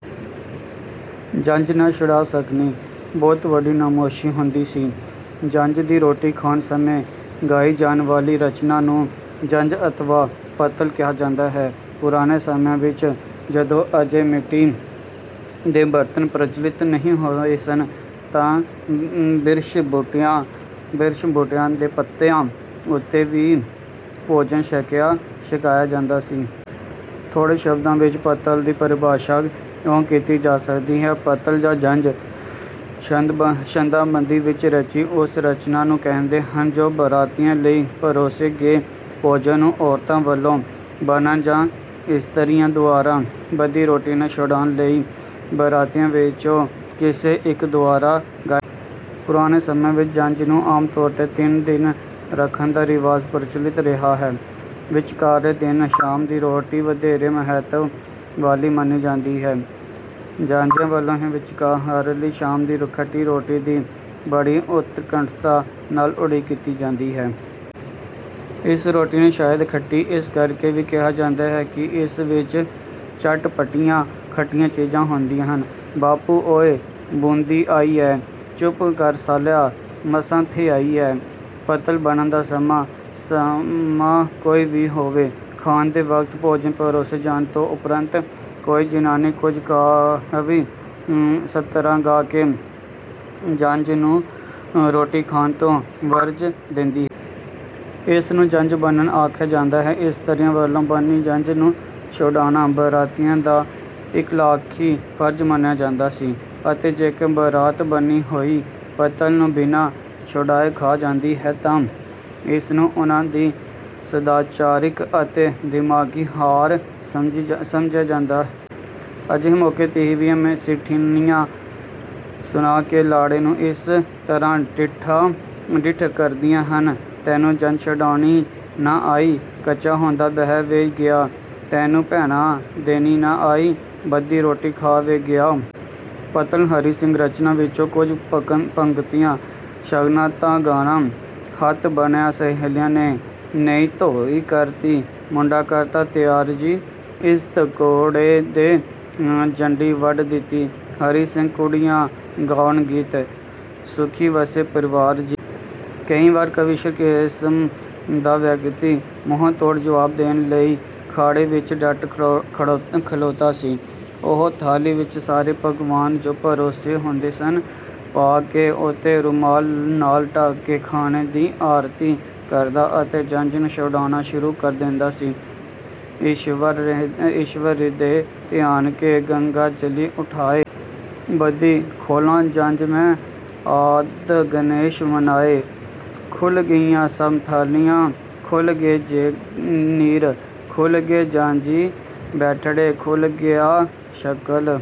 ਜੰਞ ਨਾ ਛੁਡਾ ਸਕਣੀ ਬਹੁਤ ਵੱਡੀ ਨਮੋਸ਼ੀ ਹੁੰਦੀ ਸੀ। ਜੰਞ ਦੇ ਰੋਟੀ ਖਾਣ ਸਮੇਂ ਗਾਈ ਜਾਣ ਵਾਲੀ ਰਚਨਾ ਨੂੰ ਜੰਞ ਅਥਵਾ ਪੱਤਲ ਕਿਹਾ ਜਾਂਦਾ ਹੈ। ਪੁਰਾਣੇ ਸਮਿਆਂ ਵਿੱਚ, ਜਦੋਂ ਅਜੇ ਮਿੱਟੀ ਦੇ ਬਰਤਨ ਪ੍ਰਚਲਿਤ ਨਹੀਂ ਹੋਏ ਸਨ, ਤਾਂ ਬ੍ਰਿਛ-ਬੂਟਿਆਂ ਦੇ ਪੱਤਿਆਂ ਉੱਤੇ ਹੀ ਭੋਜਨ ਛਕਿਆ-ਛਕਾਇਆ ਜਾਂਦਾ ਸੀ। ਥੋੜ੍ਹੇ ਸ਼ਬਦਾਂ ਵਿੱਚ ਪੱਤਲ ਦੀ ਪਰਿਭਾਸ਼ਾ ਇਉਂ ਕੀਤੀ ਜਾ ਸਕਦੀ ਹੈ ਪੱਤਲ ਜਾਂ ਜੰਞ, ਛੰਦਾਬੰਦੀ ਵਿੱਚ ਰਚੀ ਉਸ ਰਚਨਾ ਨੂੰ ਕਹਿੰਦੇ ਹਨ, ਜੋ ਬਰਾਤੀਆਂ ਲਈ ਪਰੋਸੇ ਗਏ ਭੋਜਨ ਨੂੰ ਔਰਤਾਂ ਵੱਲੋਂ ਬੰਨ੍ਹਣ ਜਾਂ ਇਸਤਰੀਆਂ ਦੁਆਰਾ ਬੱਧੀ ਰੋਟੀ ਨੂੰ ਛੁਡਾਉਣ ਲਈ ਬਰਾਤੀਆਂ ਵਿੱਚੋਂ ਕਿਸੇ ਇੱਕ ਦੁਆਰਾ ਗਾਈ ਜਾਂਦੀ ਹੈ। ਪੁਰਾਣੇ ਸਮਿਆਂ ਵਿੱਚ ਜੰਞ ਨੂੰ ਆਮ ਤੌਰ ਤੇ ਤਿੰਨ ਦਿਨ ਰੱਖਣ ਦਾ ਰਿਵਾਜ ਪ੍ਰਚਲਿਤ ਰਿਹਾ ਹੈ। ਵਿਚਕਾਰਲੇ ਦਿਨ ਸ਼ਾਮ ਦੀ ਰੋਟੀ ਵਧੇਰੇ ਮਹੱਤਵ ਵਾਲੀ ਮੰਨੀ ਜਾਂਦੀ ਹੈ। ਜਾਂਞੀਆਂ ਵੱਲੋਂ ਵਿਚਕਾਰਲੀ ਸ਼ਾਮ ਦੀ ਖੱਟੀ ਰੋਟੀ’ ਦੀ ਬੜੀ ਉਤਕੰਠਤਾ ਨਾਲ ਉਡੀਕ ਕੀਤੀ ਜਾਂਦੀ ਹੈ। ਇਸ ਰੋਟੀ ਨੂੰ ਸ਼ਾਇਦ ਖੱਟੀ ਇਸ ਕਰਕੇ ਵੀ ਕਿਹਾ ਜਾਂਦਾ ਹੈ ਕਿ ਇਸ ਵਿੱਚ ਚਟ-ਪੱਟੀਆਂ ਖੱਟੀਆਂ ਚੀਜ਼ਾਂ ਹੁੰਦੀਆਂ ਹਨ: ਬਾਪੂ ਓਏ! ਬੂੰਦੀ ਆਈ ਐ, ਚੁੱਪ ਕਰ ਸਾਲਿਆ, ਮਸਾਂ ਥਿਆਈ ਐ। ਪੱਤਲ ਬੰਨ੍ਹਣ ਦਾ ਸਮਾਂ: ਸਮਾਂ ਕੋਈ ਵੀ ਹੋਵੇ, ਖਾਣ ਦੇ ਵਕਤ ਭੋਜਨ ਪਰੋਸੇ ਜਾਣ ਤੋਂ ਉਪਰੰਤ ਕੋਈ ਜ਼ਨਾਨੀ ਕੁਝ ਕਾਵਿ-ਸਤਰਾਂ ਗਾ ਕੇ ਜੰਞ ਨੂੰ ਰੋਟੀ ਖਾਣ ਤੋਂ ਵਰਜ ਦਿੰਦੀ ਹੈ। ਇਸ ਨੂੰ ਜੰਞ ਬੰਨ੍ਹਣ ਆਖਿਆ ਜਾਂਦਾ ਹੈ। ਇਸਤਰੀਆਂ ਵੱਲੋਂ ਬੰਨ੍ਹੀ ਜੰਞ ਨੂੰ ਛੁਡਾਉਣਾ ਬਰਾਤੀਆਂ ਦਾ ਇਖਲਾਕੀ ਫ਼ਰਜ਼ ਮੰਨਿਆ ਜਾਂਦਾ ਸੀ ਅਤੇ ਜੇਕਰ ਬਰਾਤ ਬੰਨ੍ਹੀ ਹੋਈ ਪੱਤਲ ਨੂੰ ਬਿਨਾਂ ਛੁਡਾਏ ਖਾ ਜਾਂਦੀ ਤਾਂ ਇਸ ਨੂੰ ਉਨ੍ਹਾਂ ਦੀ ਸਦਾਚਾਰਿਕ ਅਤੇ ਦਿਮਾਗੀ ਹਾਰ ਸਮਝਿਆ ਜਾਂਦਾ ਸੀ। ਅਜਿਹੇ ਮੌਕੇ ਤੀਵੀਆਂ ਸਿੱਠਣੀਆਂ ਸੁਣਾ ਕੇ ਲਾੜੇ ਨੂੰ ਇਸ ਤਰ੍ਹਾਂ ਠਿੱਠ ਕਰਦੀਆਂ ਹਨ: ਤੈਨੂੰ ਜੰਞ ਛੁਡਾਉਣੀ ਨਾ ਆਈ, ਕੱਚਾ ਹੁੰਦਾ ਬਹਿ ਵੇ ਗਿਆ। ਤੈਨੂੰ ਭੈਣਾਂ ਦੇਣੀ ਨਾ ਆਈ, ਬੱਧੀ ਰੋਟੀ ਖਾ ਵੇ ਗਿਆ। ਪੱਤਲ ਹਰੀ ਸਿੰਘ ਰਚਨਾ ਵਿੱਚੋਂ ਕੁਝ ਪੰਕਤੀਆਂ: ਸ਼ਗਨਾਂ ਦਾ ਗਾਨਾ, ਹੱਥ ਬੰਨ੍ਹਿਆਂ ਸ਼ਹੇਲੀਆਂ ਨੇ। ਨਈਂ ਧੋਈ ਕਰਤੀ, ਮੁੰਡਾ ਕਰਤਾ ਤਿਆਰ ਜੀ। ਇਸਤ ਗੇੜੇ ਦੇ ਜੰਡੀ ਵੱਢ ਦਿੱਤੀ, ਹਰੀ ਸਿੰਘਾ ਕੁੜੀਆਂ ਗਾਉਣ ਗੀਤ। ਸੁਖੀ ਵਸੇ ਪਰਿਵਾਰ ਜੀ। ਕਈ ਵਾਰ ਕਵੀਸ਼ਰ ਕਿਸਮ ਦਾ ਵਿਅਕਤੀ ਮੂੰਹ-ਤੋੜ ਜਵਾਬ ਦੇਣ ਲਈ ਖਾੜੇ ਵਿੱਚ ਡਟ ਖਲੋਤਾ ਸੀ। ਉਹ ਥਾਲੀ ਵਿੱਚ ਸਾਰੇ ਪਕਵਾਨ, ਜੋ ਪਰੋਸੇ ਹੁੰਦੇ ਸਨ, ਪਾ ਕੇ ਉੱਤੋਂ ਰੁਮਾਲ ਨਾਲ ਢੱਕ ਕੇ ਖਾਣੇ ਦੀ ਆਰਤੀ ਕਰਦਾ ਅਤੇ ਜੰਞ ਨੂੰ ਛੁਡਾਉਣਾ ਸ਼ੁਰੂ ਕਰ ਦਿੰਦਾ ਸੀ: ਈਸ਼ਵਰ ਰਿਦੇ ਧਿਆਨ ਕੇ, ਗੰਗਾ ਜਲੀ ਉਠਾਏ। ਬੱਧੀ ਖੋਲਾਂ ਜੰਞ ਮੈਂ, ਆਦਿ ਗਣੇਸ਼ ਮਨਾਏ। ਖੁੱਲ੍ਹ ਗਈਆਂ ਸਭ ਥਾਲੀਆਂ, ਖੁੱਲ੍ਹ ਗਏ ਜੇ ਨੀਰ। ਖੁੱਲ੍ਹ ਗਏ ਜਾਂਞੀ ਬੈਠੜੇ, ਖੁੱਲ੍ਹ ਗਿਆ ਸ਼ਕਲ...